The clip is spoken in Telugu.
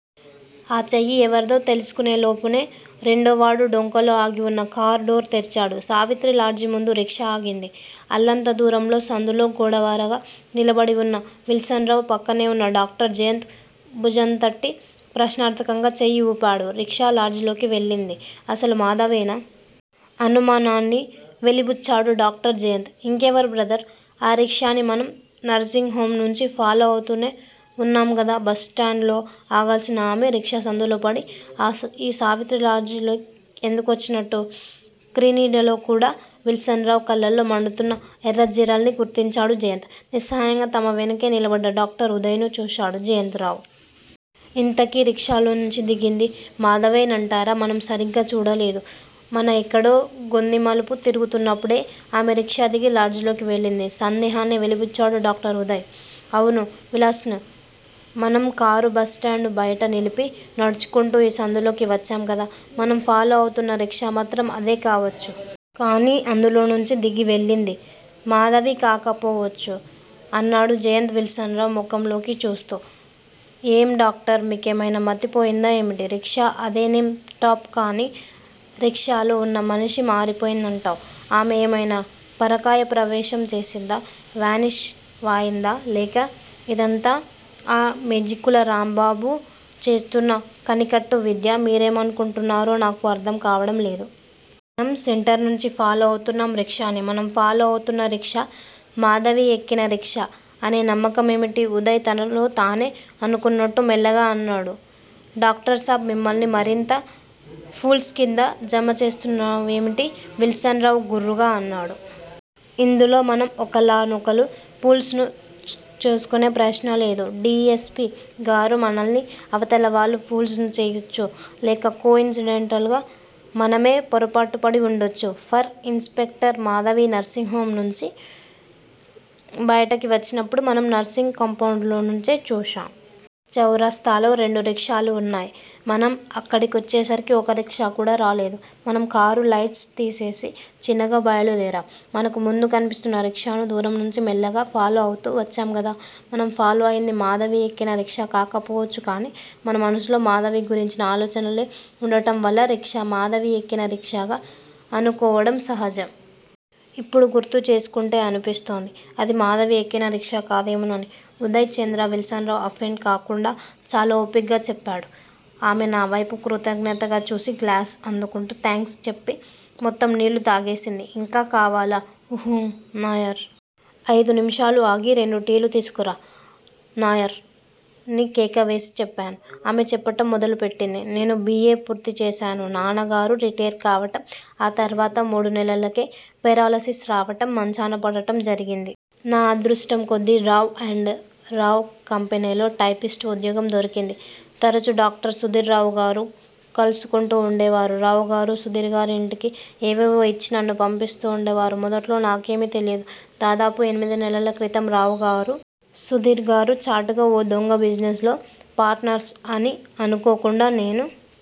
ఆ చెయ్యి ఎవరిదో తెలుసుకొనేలోపునే, రెండోవాడు డొంకలో ఆగివున్న కార్ డోర్ తెరిచాడు. సావిత్రిలాడ్జీ ముందు రిక్షా ఆగింది. అల్లంత దూరంలో సందులో గోడవారగా నిలబడివున్న విల్సన్ రావు, పక్కనేవున్న డాక్టర్ జయంత్ భుజంతట్టి ప్రశ్నార్థకంగా చెయ్యి ఊపాడు. రిక్షా లాడ్జిలోకి వెళ్ళింది అసలు మాధవేనా? అనుమానాన్ని వెలిబుచ్చాడు డాక్టర్ జయంత్. ఇంకెవరు బ్రదర్? ఆ రిక్షాని మనం నర్సింగ్ హొంనుంచి ఫాలో అవుతూనే వున్నాంగదా? బస్ స్టాండులో ఆగాల్సిన ఆమె రిక్షా సందులోపడి ఆ స ఈ సావిత్రిలాడ్జిలోకి ఎందుకొచ్చినట్టూ? క్రీనీడల్లోకూడా విల్సన్ రావు కళ్ళల్లో మండుతున్న ఎర్రజీరల్ని గుర్తించాడు జయంత్. నిస్సహాయంగా తమ వెనకే నిలబడ్డ డాక్టర్ ఉదయ్ ను చూశాడు జయంత్ రావు. ఇంతకీ రిక్షాలోనుంచి దిగింది మాధవేనంటారా? మనం సరిగా చూడలేదు. మన ఎక్కడో గొందిమలుపు తిరుగుతున్నప్పుడే ఆమె రిక్షా దిగి లాడ్జిలోకి వెళ్ళింది. సందేహాన్ని వెలిబుచ్చాడు డాక్టర్ ఉదయ్. అవును విలస్న్! మనం కారు బస్ స్టాండు బయట నిలిపి నడుచుకొంటూ ఈ సందులోకి వచ్చాంగదా? మనం ఫాలో అవుతున్న రిక్షా మాత్రం అదే కావొచ్చు. కాని అందులోనుంచి దిగి వెళ్ళింది మాధవికాకపోవచ్చు. అన్నాడు జయంత్ విల్సన్ రావు ముఖంలోకి చూస్తూ. ఏం డాక్టర్! మీకేమైనా మతిపోయిందా ఏమిటి? రిక్షా అదేనం టాప్ కాని రిక్షాలో ఉన్న మనిషి మారిపోయిందంటావ్. ఆమె ఏమైనా పరకాయ ప్రవేశం చేసిందా? వానిష్ వాయిందా? లేక ఇదంతా ఆ మేజిక్కుల రాంబాబు చేస్తున్న కనికట్టువిద్యా, మీరేమనుకొంటున్నారో నాకు అర్థంకావడంలేదు. మనం సెంటర్ నుంచి ఫాలో అవుతున్నాం రిక్షాని. మనం ఫాలో అవుతున్న రిక్షా మాధవి ఎక్కినా రిక్షా అనేనమ్మకం ఏమిటి? ఉదయ్ తనలోతనే అనుకొన్నట్టు మెల్లగా అన్నాడు. డాక్టర్ సాబ్ మమ్మల్ని మరీ అంత పూల్స్ కింద జమసేస్తున్నావేమిటి? విల్సన్ రావు గుర్రుగా అన్నాడు. ఇందులో మనం ఒకళ్ళ నొకళ్ళు, పూల్స్ ను చ్సుకొనే ప్రశ్నలేదు డి. యస్. పి గారూ? మనల్ని అవతలవాళ్ళు పూల్స్ ను చెయ్యొచ్చు. లేక కో ఇన్సిడెంటల్ గా మనమే పొరపాటుపడి వుండొచ్చు. For inspector Madhavi nursing home నుంచి బయటికి వచ్చినప్పుడు మనం నర్సింగ్ కాంపౌండులోనుంచే చూశాం. చౌరాస్తాలో రెండురిక్షాలున్నాయ్. మనం అక్కడికొచ్చేసరికి ఒక్క రిక్షాకూడా రాలేదు. మనం కారు లైట్సుతీసేసి చిన్నగా బయలుదేరాం. మనకు ముందు కన్పిస్తున్న రిక్షాను దూరంనుంచి మెల్లగా ఫాలో అవుతూ పచ్చాంగదా? మనం ఫాలో అయింది మాధవి ఎక్కినా రిక్షా కాకపోవచ్చు కాని మన మనసులో మాధవి గురించిన ఆలోచనలే ఉండటంవల్ల రిక్షా మాధవి ఎక్కినా రిక్షాగా అనుకోవడం సహజం. ఇప్పుడు గుర్తుచేసుకుంటే అన్పిస్తోంది. అది మాధవి ఎక్కినా రిక్షా కాదేమోనని ఉదయ్ చంద్ర, విల్సన్ రావు అఫెండ్ కాకుండా చాలా ఓపిగ్గా చెప్పాడు. ఆమె నా వైపు కృతజ్ఞతగా చూసి గ్లాసు అందుకుంటూ థాంక్స్ చెప్పి మొత్తం నీళ్ళు తాగేసింది. ఇంకా కావాలా? ఉహూఁ నాయర్! ఐదు నిముషాలు ఆగి రెండు టీలు తీసుకురా! నాయర్ ని కేక వేసి చెప్పాను. ఆమె చెప్పటం మొదలు పెట్టింది- నేను బి. ఏ. పూర్తి చేశాను. నాన్నగారు రిటైర్ కావటం, ఆ తర్వాత మూడు నెలలకే పెరాల్ సీస్ రావటం, మంచాన పడటం జరిగింది. నా అదృష్టం కొద్దీ రావ్ అండ్ రావ్ కంపెనీలో టైపిస్టు ఉద్యోగం దొరికింది. తరచు డాక్టర్ సుధీర్, రావుగారు కల్సుకుంటూ వుండేవారు. రావుగారు సుధీర్ గారి ఇంటికి ఏవేవో ఇచ్చి నన్ను పంపిస్తూ వుండేవారు. మొదట్లో నాకేమీ తెలియదు. దాదాపు ఎనిమిది నెలల క్రితం రావుగారు, సుధీర్ గారూ చాటుగా ఓ దొంగా బిజినెస్ లో పార్టనర్స్ అని అనుకోకుండా నేను